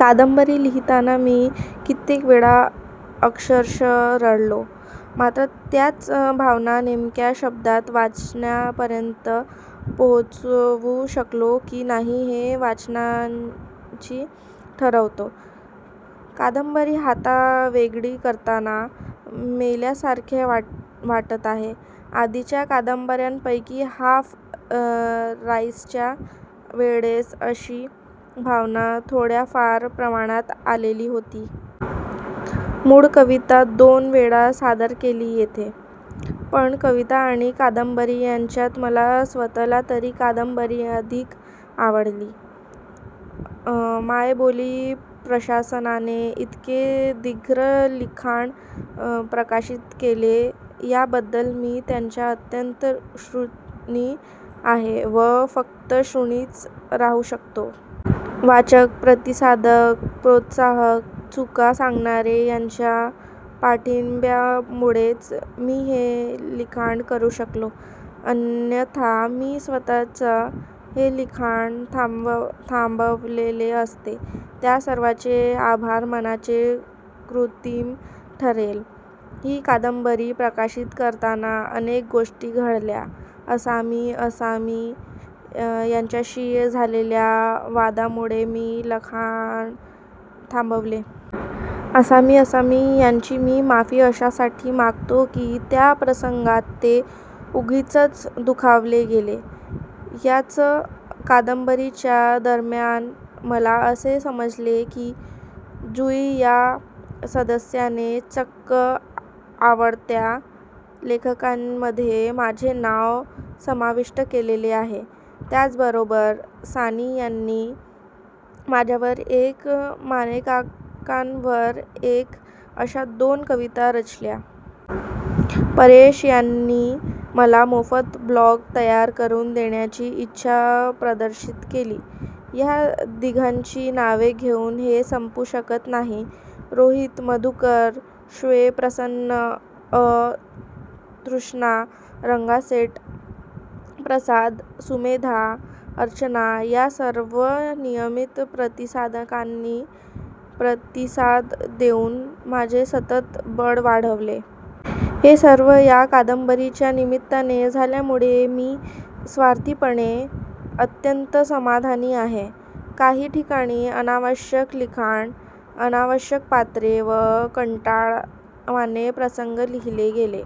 कादंबरी लिहीताना मी कित्येक वेळा अक्षरश रडलो. मात्र त्याच भावना नेमक्या शब्दात वाचकांपर्यंत पोहोचवू शकलो की नाही हे वाचकांनी ठरवावे. कादंबरी हातावेगळी करताना मेल्यासारखे वाटत आहे. आधीच्या कादंबर्यांपैकी हाफ राईसच्या वेळेस अशी भावना थोड्याफार प्रमाणात आलेली होती. मूळ कविता दोन वेळा सादर केली येथे! पण कविता आणि कादंबरी यांच्यात मला स्वतःला तरी कादंबरी अधिक आवडली. मायबोली प्रशासनाने इतके दीर्घ लिखाण प्रकाशित केले याबद्दल मी त्यांचा अत्यंत ऋणी आहे व फक्त ॠणीच राहू शकतो. वाचक, प्रतिसादक, प्रोत्साहक, चुका सांगणारे यांच्या पाठिंब्यामुळेच मी हे लिखाण करू शकलो. अन्यथा मी स्वतःच हे लिखाण थांबवलेले असते. या सर्वांचे आभार मानणे कृत्रिम ठरेल. ही कादंबरी प्रकाशित करताना अनेक गोष्टी घडल्या. असामी असामी यांच्याशी झलेल्या वादामुळे मी लिखाण थांबवले. असामी असामी यांची मी माफी अशासाठी मागतो की त्या प्रसंगात ते उगीचच दुखावले गेले. याच कादंबरीच्या दरम्यान मला असे समजले की जुयी या सदस्याने चक्क आवडत्या लेखकांमधे माझे नाव समाविष्ट केलेले आहे. त्याच बरोबर सानी यांनी माझ्यावर एक व मानेकाकांवर एक अशा दोन कविता रचल्या. परेश यांनी मला मोफत ब्लॉग तयार करून देण्याची इच्छा प्रदर्शित केली. या तिघांची नावे घेऊन हे संपू शकत नाही. रोहित, मधुकर, श्वे, प्रसन्न अ, तृष्णा, रंगासेठ, प्रसाद, सुमेधा, अर्चना या सर्व नियमीत प्रतिसादकांनी प्रतिसाद देऊन माझे सतत बळ वाढवले. हे सर्व या कादंबरीच्या निमित्ताने झाल्यामुळे मी स्वार्थीपणे अत्यंत समाधानी आहे. काही ठिकाणी अनावश्यक लिखाण, अनावश्यक पात्रे व कंटाळवाणे प्रसंग लिहिले गेले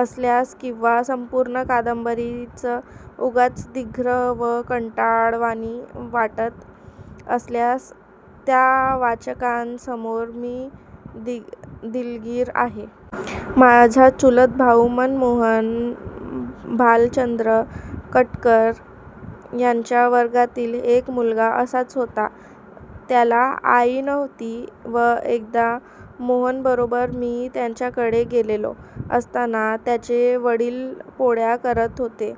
असल्यास किंवा संपूर्ण कादंबरीच उगाच दीर्घ व कंटाळवाणी वाटत असल्यास त्या वाचकांसमोर मी दिलगीर आहे. माझा चुलत भाऊ मनमोहन भालचंद्र कटककर याच्या वर्गातील एक मुलगा असाच होता. त्याला आई नव्हती व एकदा मोहनबरोबर मी त्याच्याकडे गेलेलो असताना त्याचे वडील पोळ्या करत होते.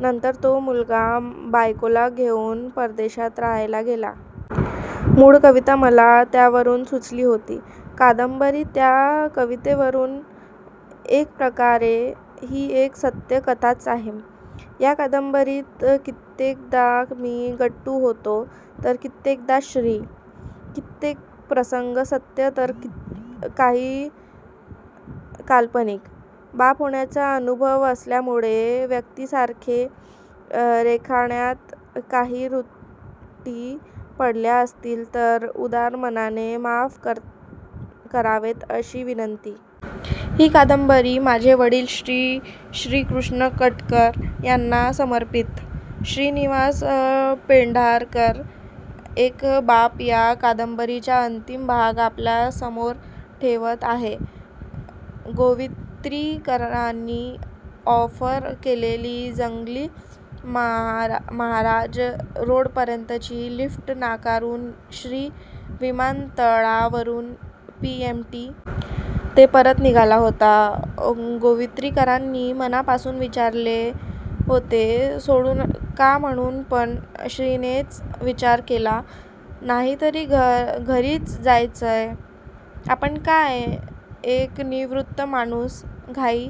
नंतर तो मुलगा बायकोला घेऊन परदेशात राहायला गेला. मुळ कविता मला त्यवरून सुचली होती. कादंबरी त्या कवितेवरून! एक प्रकारे ही एक सत्य कथाच आहे. या कादंबरीत कित्येकदा मी गट्टू होतो तर कित्येकदा श्री! कित्येक प्रसंग सत्य तर काही काल्पनिक! बाप होण्याचा अनुभव नसल्यामुळे व्यक्तीरेखा रेखाटण्यात काही त्रुटी पडल्या असतील तर उदार मनाने माफ करावेत अशी विनंती! ही कादंबरी माझे वडील श्री. श्रीकृष्ण कटककर यांना समर्पीत! श्रीनिवास पेंढारकर एक बाप या कादंबरीचा अंतीम भाग आपल्यासमोर ठेवत आहे. गोवित्रीकरांनी ऑफर केलेली जंगली महाराज रोडपर्यंतची लिफ्ट नाकारून श्री विमानतळावरून पी. एम. टी. ने परत निघाला होता. गोवित्रीकरांनी मनापासून विचारले होते सोडू का म्हणून पण श्रीनेच विचार केला. नाहीतरी घरीच जायचंय! आपण काय? एक निवृत्त माणूस! घाई